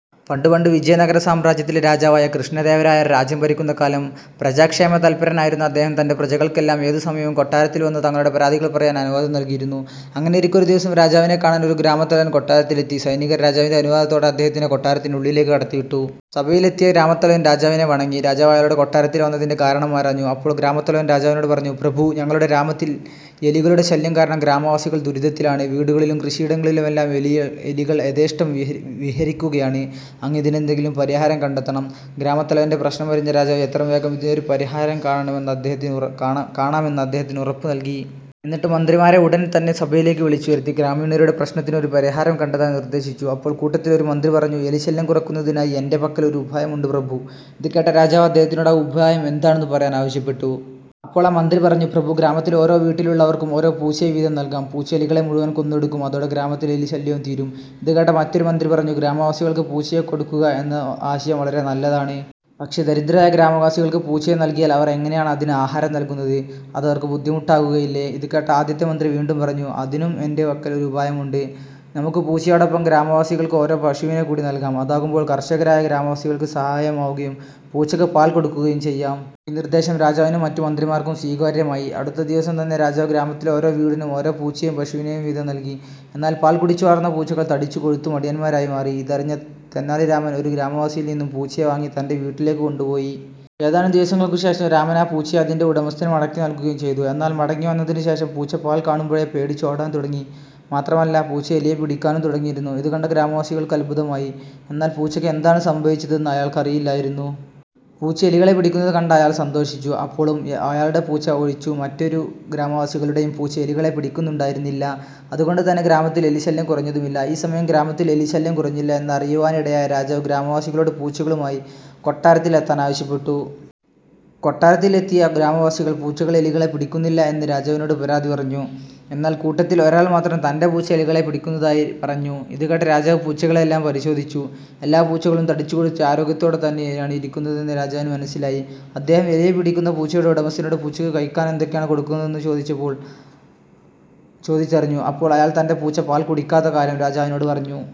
പണ്ടു പണ്ട് വിജയനഗര സാമ്രാജ്യത്തിലെ രാജാവായ കൃഷ്ണദേവരായർ രാജ്യം ഭരിക്കുന്ന കാലം. പ്രജാക്ഷേമ തല്പരനായിരുന്ന അദ്ദേഹം തന്റെ പ്രജകൾക്കെല്ലാം ഏതു സമയവും കൊട്ടാരത്തിൽ വന്നു തങ്ങളുടെ പരാതികൾ പറയാൻ അനുവാദം നൽകിയിരുന്നു. അങ്ങനെയിരിക്കെ ഒരു ദിവസം രാജാവിനെ കാണാൻ ഒരു ഗ്രാമത്തലവൻ കൊട്ടാരത്തിൽ എത്തി. സൈനികർ രാജാവിന്റെ അനുവാദത്തോടെ അദ്ദേഹത്തിനെ കൊട്ടാരത്തിനുള്ളിലേക്കു കടത്തിവിട്ടു. സഭയിലെത്തിയ ഗ്രാമത്തലവൻ രാജാവിനെ വണങ്ങി. രാജാവ് അയാളോട് കൊട്ടാരത്തിൽ വന്നതിന്റെ കാരണം ആരാഞ്ഞു. അപ്പോൾ ഗ്രാമത്തലവൻ രാജാവിനോട് പറഞ്ഞു "പ്രഭു, ഞങ്ങളുടെ ഗ്രാമത്തിൽ എലികളുടെ ശല്യം കാരണം ഗ്രാമവാസികൾ ദുരിതത്തിലാണ്. വീടുകളിലും കൃഷിയിടങ്ങളിലുമെല്ലാം എലികൾ യഥേഷ്ടം വിഹരിക്കുകയാണ്. അങ്ങ് ഇതിനെന്തെങ്കിലും പരിഹാരം കണ്ടെത്തണം. " ഗ്രാമത്തലവന്റെ പ്രശ്നം അറിഞ്ഞ രാജാവ് എത്രയും വേഗം ഇതിനൊരു പരിഹാരം കാണാമെന്ന് അദ്ദേഹത്തിന് ഉറപ്പു നൽകി. എന്നിട്ടു മന്ത്രിമാരെ ഉടൻ തന്നെ സഭയിലേക്കു വിളിച്ചു വരുത്തി. ഗ്രാമീണരുടെ പ്രശ്നത്തിനു ഒരു പരിഹാരം കണ്ടെത്താൻ നിർദ്ദേശിച്ചു. അപ്പോൾ കൂട്ടത്തിൽ ഒരു മന്ത്രി പറഞ്ഞു "എലി ശല്യം കുറയ്ക്കുന്നതിനായി എന്റെ പക്കൽ ഒരു ഉപായം ഉണ്ട് പ്രഭു. " ഇതു കേട്ട രാജാവ് അദ്ദേഹത്തിനോട് ആ ഉപായം എന്താണെന്നു പറയാൻ ആവശ്യപ്പെട്ടു. അപ്പോൾ ആ മന്ത്രി പറഞ്ഞു "പ്രഭു, ഗ്രാമത്തിലെ ഓരോ വീട്ടിലുള്ളവർക്കും ഓരോ പൂച്ചയെ വീതം നൽകാം. പൂച്ച എലികളെ മുഴുവൻ കൊന്നൊടുക്കും അതോടെ ഗ്രാമത്തിലെ എലി ശല്യവും തീരും. " ഇതുകേട്ട മറ്റൊരു മന്ത്രി പറഞ്ഞു "ഗ്രാമവാസികൾക്ക് പൂച്ചയെ കൊടുക്കുക എന്ന ആശയം വളരെ നല്ലതാണ്. പക്ഷെ ദരിദ്രരായ ഗ്രാമവാസികൾക്ക് പൂച്ചയെ നൽകിയാൽ അവർ എങ്ങനെയാണ് അതിനു ആഹാരം നൽകുന്നത്? അതവർക്കു ബുദ്ധിമുട്ട് ആകുകയില്ലേ? " ഇതുകേട്ട ആദ്യത്തെ മന്ത്രി വീണ്ടും പറഞ്ഞു "അതിനും എന്റെ പക്കൽ ഒരു ഉപായം ഉണ്ട്. നമുക്ക് പൂച്ചയോടൊപ്പം ഗ്രാമവാസികൾക്ക് ഓരോ പശുവിനെ കൂടി നൽകാം. അതാകുമ്പോൾ കർഷകരായ ഗ്രാമവാസികൾക്ക് സഹായവുമാകും പൂച്ചയ്ക്ക് പാൽ കൊടുക്കുകയും ചെയ്യാം. " ഈ നിർദ്ദേശം രാജാവിനും മറ്റു മന്ത്രിമാർക്കും സ്വീകാര്യമായി. അടുത്ത ദിവസം തന്നെ രാജാവ് ഗ്രാമത്തിലെ ഓരോ വീടിനും ഓരോ പൂച്ചയേയും പശുവിനെയും വീതം നൽകി. എന്നാൽ പാൽ കുടിച്ചു വളർന്ന പൂച്ചകൾ തടിച്ചു കൊഴുത്തു മടിയന്മാരായി മാറി. ഇതറിഞ്ഞ തെനാലിരാമൻ ഒരു ഗ്രാമവാസിയിൽ നിന്നും പൂച്ചയെ വാങ്ങി തന്റെ വീട്ടിലേക്കു കൊണ്ടുപോയി. ഏതാനും ദിവസങ്ങൾക്കു ശേഷം രാമൻ ആ പൂച്ചയെ അതിന്റെ ഉടമസ്ഥന് മടക്കി നൽകുകയും ചെയ്തു. എന്നാൽ മടങ്ങി വന്നതിനു ശേഷം പൂച്ച പാൽ കാണുമ്പോഴേ പേടിച്ചു ഓടാൻ തുടങ്ങി. മാത്രമല്ല പൂച്ച എലിയെ പിടിക്കാനും തുടങ്ങിയിരുന്നു. ഇതുകണ്ട ഗ്രാമവാസിക്ക് അത്ഭുതമായി. എന്നാൽ പൂച്ചയ്ക്ക് എന്താണ് സംഭവിച്ചതെന്ന് അയാൾക്ക് അറിയില്ലായിരുന്നു. പൂച്ച എലികളെ പിടിക്കുന്നത് കണ്ട അയാൾ സന്തോഷിച്ചു. അപ്പോഴും അയാളുടെ പൂച്ച ഒഴിച്ചു മറ്റൊരു ഗ്രാമവാസികളുടെയും പൂച്ച എലികളെ പിടിക്കുന്നുണ്ടായിരുന്നില്ല. അതുകൊണ്ടു തന്നെ ഗ്രാമത്തിൽ എലി ശല്യം കുറഞ്ഞതുമില്ല. ഈ സമയം ഗ്രാമത്തിൽ എലി ശല്യം കുറഞ്ഞില്ല എന്നറിയുവാനിടയായ രാജാവ് ഗ്രാമവാസികളോട് പൂച്ചകളുമായി കൊട്ടാരത്തിൽ എത്താൻ ആവശ്യപ്പെട്ടു. കൊട്ടാരത്തിൽ എത്തിയ ഗ്രാമവാസികൾ പൂച്ചകൾ എലികളെ പിടിക്കുന്നില്ല എന്ന് രാജാവിനോട് പരാതി പറഞ്ഞു. എന്നാൽ കൂട്ടത്തിൽ ഒരാൾ മാത്രം തന്റെ പൂച്ച എലികളെ പിടിക്കുന്നതായി പറഞ്ഞു. ഇതുകേട്ട രാജാവ് പൂച്ചകളെയെല്ലാം പരിശോധിച്ചു. എല്ലാ പൂച്ചകളും തടിച്ചു കൊഴുത്തു ആരോഗ്യത്തോടെ തന്നെയാണ് ഇരിക്കുന്നതെന്നു രാജാവിന് മനസിലായി. അദ്ദേഹം എലിയെ പിടിക്കുന്ന പൂച്ചയുടെ ഉടമസ്ഥനോട് പൂച്ചക്ക് കഴിക്കാൻ എന്തൊക്കെയാണ് കൊടുക്കുന്നതെന്നു ചോദിച്ചറിഞ്ഞു. അപ്പോൾ അയാൾ തന്റെ പൂച്ച പാൽ കുടിക്കാത്ത കാര്യം രാജാവിനോട് പറഞ്ഞു.